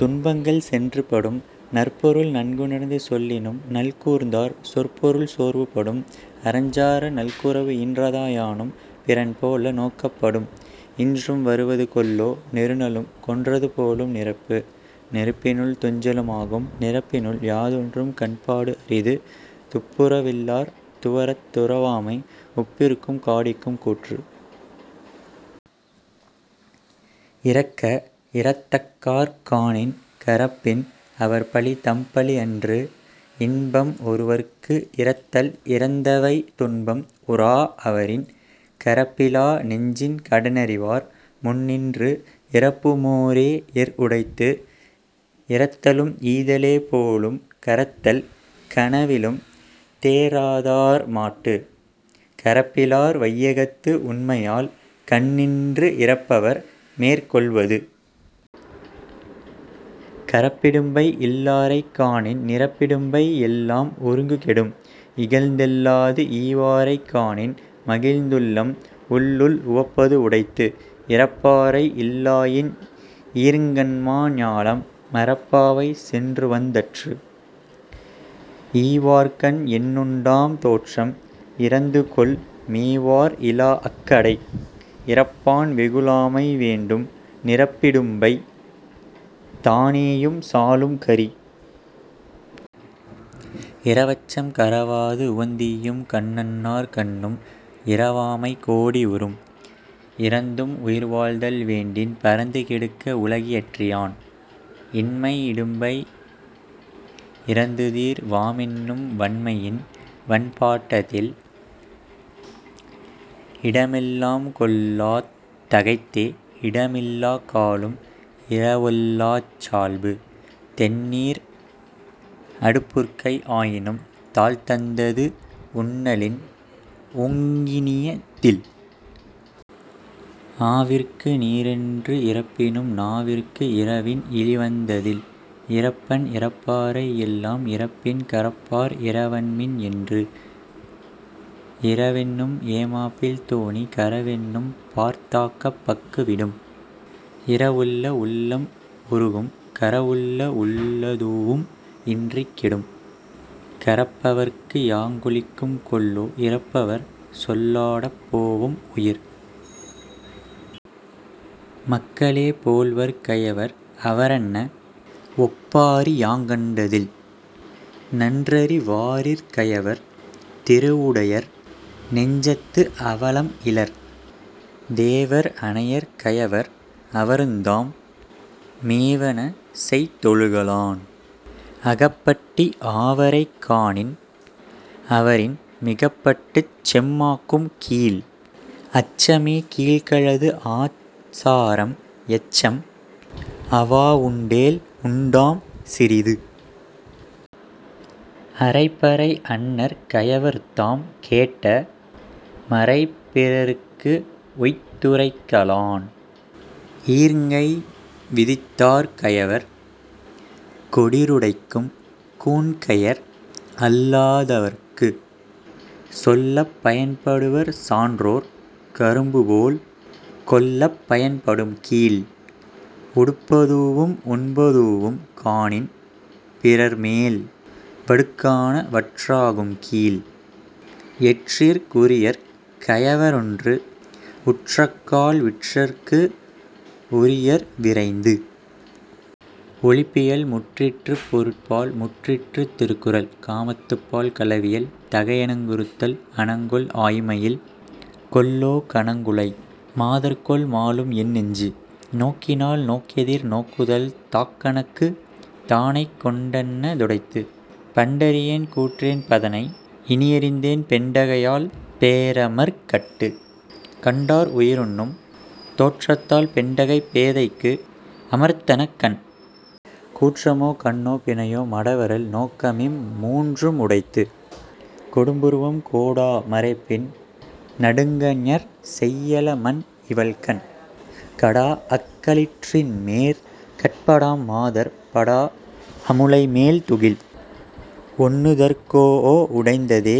துன்பங்கள் சென்று படும். நற்பொருள் நன்குணர்ந்து சொல்லினும் நல்கூர்ந்தார் சொற்பொருள் சோர்வு படும். அறஞ்சாரா நல்குரவு ஈன்றதா யானும் பிறன்போல நோக்கப் படும். இன்றும் வருவது கொல்லோ நெருநலும் கொன்றது போலும் நிரப்பு. நெருப்பினுள் துஞ்சலும் ஆகும் நிரப்பினுள் யாதொன்றும் கண்பாடு அரிது. துப்புர வில்லார் துவரத் துறவாமை உப்பிற்கும் காடிக்கும் கூற்று. இரக்க இரத்தக்கார்க் காணின் கரப்பின் அவர்பழி தம்பழி அன்று. இன்பம் ஒருவற்கு இரத்தல் இரந்தவை துன்பம் உறாஅ வரின். கரப்பிலா நெஞ்சின் கடனறிவார் முன்நின்று இரப்புமோ ரேஎர் உடைத்து. இரத்தலும் ஈதலே போலும் கரத்தல் கனவிலும் தேற்றாதார் மாட்டு. கரப்பிலார் வையகத்து உண்மையால் கண்ணின்று இரப்பவர் மேற்கொள் வது. கரப்பிடும்பை யில்லாரைக் காணின் நிரப்பிடும்பை எல்லாம் ஒருங்கு கெடும். இகழ்ந்தெள்ளாது ஈவாரைக் காணின் மகிழ்ந்துள்ளம் உள்ளுள் உவப்பது உடைத்து. இரப்பாரை இல்லாயின் ஈர்ங்கண்மா ஞாலம் மரப்பாவை சென்றுவந் தற்று. ஈவார்கண் என்னுண்டாம் தோற்றம் இரந்துகோள் மேவார் இலாஅக் கடை. இரப்பான் வெகுளாமை வேண்டும் நிரப்பிடும்பை தானேயும் சாலும் கரி. இரவச்சம் கரவாது உவந்தீயும் கண்ணன்னார் கண்ணும் இரவாமை கோடி உறும். இரந்தும் உயிர்வாழ்தல் வேண்டின் பரந்து கெடுக உலகியற்றி யான். இன்மை இடும்பை இரந்துதீர் வாமென்னும் வன்மையின் வன்பாட்ட தில். இடமெல்லாம் கொள்ளாத் தகைத்தே இடமில்லாக் காலும் இரவொல்லாச் சால்பு. தெண்ணீர் அடுபுற்கை ஆயினும் தாள்தந்தது உண்ணலின் ஊங்கினிய தில். ஆவிற்கு நீரென்று இரப்பினும் நாவிற்கு இரவின் இளிவந்த தில். இரப்பன் இரப்பாரை எல்லாம் இரப்பின் கரப்பார் இரவன்மின் என்று. இரவென்னும் ஏமாப்பில் தோணி கரவென்னும் பார்தாக்கப் பக்கு விடும். இரவுள்ள உள்ளம் உருகும் கரவுள்ள உள்ளதூஉம் இன்றிக் கெடும். கரப்பவர்க்கு யாங்கொளிக்கும் கொல்லோ இரப்பவர் சொல்லாடப் போஒம் உயிர். மக்களே போல்வர் கயவர் அவரன்ன ஒப்பாரி யாங்கண்ட தில். நன்றறி வாரிற் கயவர் திருவுடையர் நெஞ்சத்து அவலம் இலர். தேவர் அனையர் கயவர் அவருந்தாம் மேவன செய்தொழுக லான். அகப்பட்டி ஆவாரைக் காணின் அவரின் மிகப்பட்டுச் செம்மாக்கும் கீழ். அச்சமே கீழ்களது ஆசாரம் எச்சம் அவாவுண்டேல் உண்டாம் சிறிது. அறைபறை அன்னர் கயவர்தாம் கேட்ட மறைபிறர்க்கு உய்த்துரைக்க லான். ஈர்ங்கை விதிரார் கயவர் கொடிறுடைக்கும் கூன்கையர் அல்லா தவர்க்கு. சொல்லப் பயன்படுவர் சான்றோர் கரும்புபோல் கொல்லப் பயன்படும் கீழ். உடுப்பதூஉம் உண்பதூஉம் காணின் பிறர்மேல் வடுக்காண வற்றாகும் கீழ். எற்றிற் குரியர் கயவரொன்று உற்றக்கால் விற்றற்கு உரியர் விரைந்து. ஒழிபியல் முற்றிற்று பொருட்பால் முற்றிற்று திருக்குறள். காமத்துப்பால் களவியல். தகையணங்குறுத்தல் அணங்குகொல் ஆய்மயில் கொல்லோ கனங்குழை மாதர்கொல் மாலும் என் நெஞ்சு. நோக்கினாள் நோக்கெதிர் நோக்குதல் தாக்கணங்கு தானைக்கொண் டன்ன துடைத்து. பண்டறியேன் கூற்றென் பதனை இனியறிந்தேன் பெண்டகையால் பேரமர்க் கட்டு. கண்டார் உயிருண்ணும் தோற்றத்தால் பெண்டகைப் பேதைக்கு அமர்த்தன கண். கூற்றமோ கண்ணோ பிணையோ மடவரல் நோக்கமிம் மூன்றும் உடைத்து. கொடும்புருவம் கோடா மறைப்பின் நடுங்கஞர் செய்யல மன்இவள் கண். கடாஅக் களிற்றின்மேற் கட்படாம் மாதர் படாஅ முலைமேல் துகில். ஒண்ணுதற் கோஒ உடைந்ததே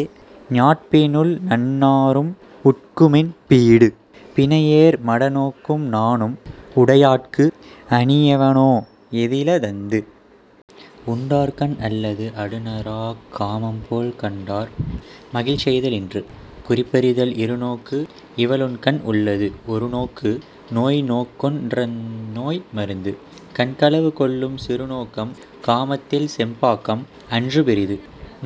ஞாட்பினுள் நண்ணாரும் உட்குமென் பீடு. பிணையேர் மடநோக்கும் நாணும் உடையாட்கு அணியெவனோ ஏதில தந்து. உண்டார்கண் அல்லது அடுநறாக் காமம்போல் கண்டார் மகிழ்செய்தல் இன்று.. குறிப்பறிதல் இருநோக்கு இவளுண்கண் உள்ளது ஒருநோக்கு நோய்நோக்கொன் றந்நோய் மருந்து. கண்களவு கொள்ளும் சிறுநோக்கம் காமத்தில் செம்பாகம் அன்று பெரிது.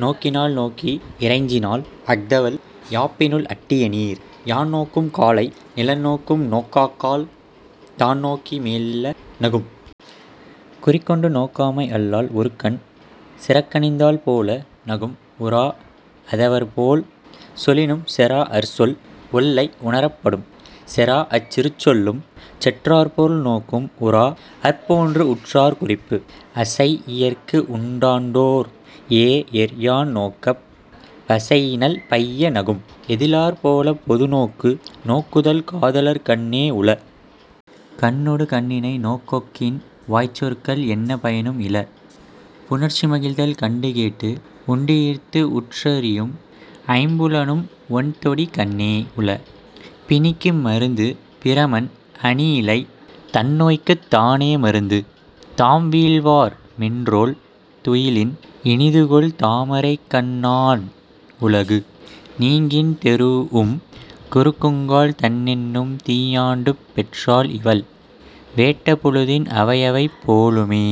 நோக்கினாள் நோக்கி இறைஞ்சினாள் அஃதவள் யாப்பினுள் அட்டிய நீர். யான்நோக்கும் காலை நிலன்நோக்கும் நோக்காக்கால் தான்நோக்கி மெல்ல நகும். குறிக்கொண்டு நோக்காமை அல்லால் ஒருகண் சிறக்கணித்தாள் போல நகும் உறாஅ தவர்போல் சொலினும் செறாஅர்சொல் ஒல்லை உணரப் படும். செறாஅச் சிறுசொல்லும் செற்றார்போல் நோக்கும் உறாஅர்போன்று உற்றார் குறிப்பு. அசையியற்கு உண்டாண்டோ ர் ஏஎர்யான் நோக்கப் பசையினள் பைய நகும். ஏதிலார் போலப் பொதுநோக்கு நோக்குதல் காதலார் கண்ணே உள. கண்ணொடு கண்இணை நோக்கொக்கின் வாய்ச்சொற்கள் என்ன பயனும் இல.. புணர்ச்சிமகிழ்தல் கண்டுகேட்டு உண்டுயிர்த்து உற்றறியும் ஐம்புலனும் ஒண்தொடி கண்ணே உள. பிணிக்கு மருந்து பிறமன் அணியிழை தன்நோய்க்குத் தானே மருந்து. தாம்வீழ்வார் மென்றோள் துயிலின் இனிதுகொல் தாமரைக் கண்ணான் உலகு. நீங்கின் தெறூஉம் குறுகுங்கால் தண்ணென்னும் தீயாண்டுப் பெற்றாள் இவள்? வேட் ட பொழுதின் அவையவை போலுமே।